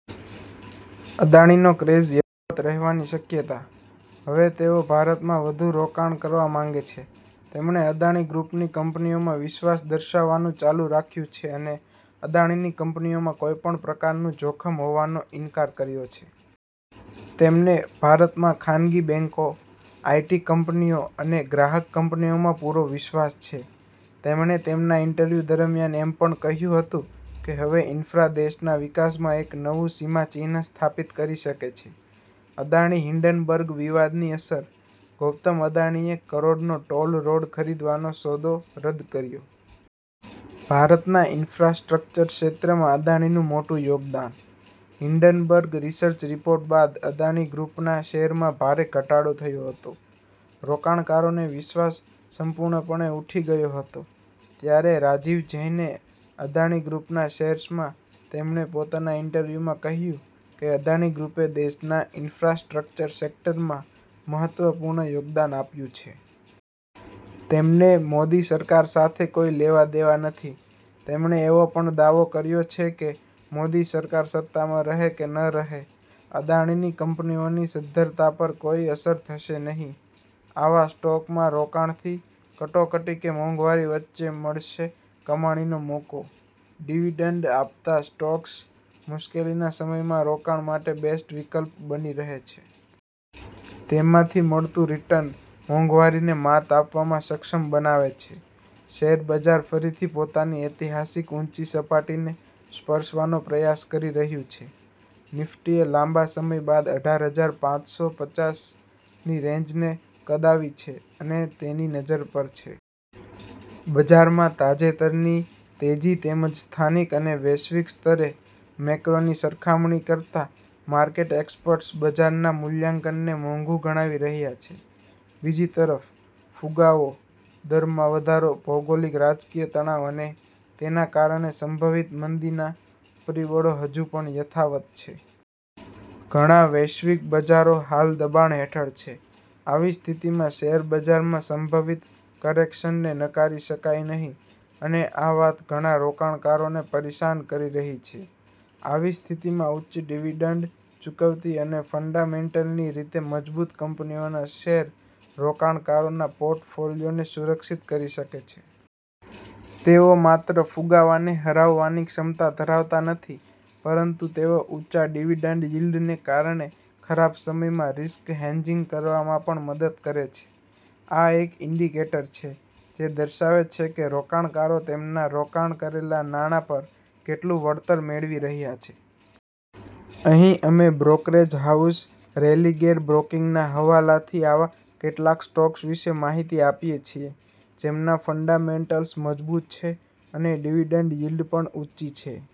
અદાણીનો craze યથાવત રહેવાની શક્યતા. હવે તેઓ ભારતમાં વધુ રોકાણ કરવા માંગે છે. તેમણે અદાણી ગ્રૂપની કંપનીઓમાં વિશ્વાસ દર્શાવવાનું ચાલુ રાખ્યું છે અને અદાણીની કંપનીઓમાં કોઈ પણ પ્રકારનું જોખમ હોવાનો ઈન્કાર કર્યો છે. તેમને ભારતમાં ખાનગી બેંકો, આઈટી કંપનીઓ અને ગ્રાહક કંપનીઓમાં પૂરો વિશ્વાસ છે. તેમણે તેમના ઈન્ટરવ્યુ દરમિયાન એમ પણ કહ્યું હતું કે હવે ઈન્ફ્રા દેશના વિકાસમાં એક નવું સીમાચિહ્ન સ્થાપિત કરી શકે છે. અદાણી હિંડનબર્ગ વિવાદની અસર, ગૌતમ અદાણીએ કરોડનો ટોલ રોડ ખરીદવાનો સોદો રદ કર્યો. ભારતના ઈન્ફ્રાસ્ટ્રક્ચર ક્ષેત્રમાં અદાણીનું મોટું યોગદાન. હિંડનબર્ગ રિસર્ચ રિપોર્ટ બાદ અદાણી ગ્રુપના શેરમાં ભારે ઘટાડો થયો હતો. રોકાણકારોને વિશ્વાસ સંપૂર્ણપણે ઉઠી ગયો હતો. ત્યારે રાજીવ જૈને અદાણી ગ્રૂપના શેર્સમાં તેમણે પોતાના ઈન્ટરવ્યુમાં કહ્યું કે અદાણી ગ્રુપે દેશના ઈન્ફ્રાસ્ટ્રક્ચર સેક્ટરમાં મહત્વપૂર્ણ યોગદાન આપ્યું છે. તેમને મોદી સરકાર સાથે કોઈ લેવાદેવા નથી. તેમણે એવો પણ દાવો કર્યો છે કે મોદી સરકાર સત્તામાં રહે કે ન રહે, અદાણીની કંપનીઓની સદ્ધરતા પર કોઈ અસર થશે નહીં. આવા સ્ટોકમાં રોકાણથી કટોકટી કે મોંઘવારી વચ્ચે મળશે કમાણીનો મોકો, ડિવિડન્ડ આપતા સ્ટોક્સ મુશ્કેલીના સમયમાં રોકાણ માટે બેસ્ટ વિકલ્પ બની રહે છે. તેમાંથી મળતું રિટર્ન મોંઘવારીને માત આપવામાં સક્ષમ બનાવે છે. શેર બજાર ફરીથી પોતાની ઐતિહાસિક ઉંચી સપાટીને સ્પર્શવાનો પ્રયાસ કરી રહ્યું છે. નિફ્ટીએ લાંબા સમય બાદ અઢાર હજાર પાંચસો પચાસની રેન્જને કદાવી છે અને તેની નજર પર છે. બજારમાં તાજેતરની તેજી તેમજ સ્થાનિક અને વૈશ્વિક સ્તરે મેક્રોની સરખામણી કરતાં માર્કેટ એક્સપર્ટ્સ બજારના મૂલ્યાંકનને મોંઘું ગણાવી રહ્યા છે. બીજી તરફ, ફુગાવો, દરમાં વધારો, ભૌગોલિક રાજકીય તણાવ અને તેના કારણે સંભવિત મંદીનાં પરિબળો હજુ પણ યથાવત છે. ઘણા વૈશ્વિક બજારો હાલ દબાણ હેઠળ છે. આવી સ્થિતિમાં શેર બજારમાં સંભવિત કરેક્શનને નકારી શકાય નહીં અને આ વાત ઘણા રોકાણકારોને પરેશાન કરી રહી છે. આવી સ્થિતિમાં ઉચ્ચ ડિવિડન્ડ ચૂકવતી અને ફંડામેન્ટલની રીતે મજબૂત કંપનીઓના શેર રોકાણકારોના પોર્ટફોલિયોને સુરક્ષિત કરી શકે છે. તેઓ માત્ર ફુગાવાને હરાવવાની ક્ષમતા ધરાવતા નથી, પરંતુ તેઓ ઊંચા ડિવિડન્ડ યીલ્ડને કારણે ખરાબ સમયમાં રિસ્ક હેજિંગ કરવામાં પણ મદદ કરે છે. આ એક ઇન્ડિકેટર છે, જે દર્શાવે છે કે રોકાણકારો તેમના રોકાણ કરેલા નાણાં પર કેટલું વળતર મેળવી રહ્યા છે. અહીં અમે બ્રોકરેજ હાઉસ રેલિગેર બ્રોકિંગના હવાલાથી આવા કેટલાક સ્ટોક્સ વિશે માહિતી આપીયે છીએ, જેમના ફંડામેન્ટલ્સ મજબૂત છે અને ડિવિડન્ડ યીલ્ડ પણ ઉંચી છે.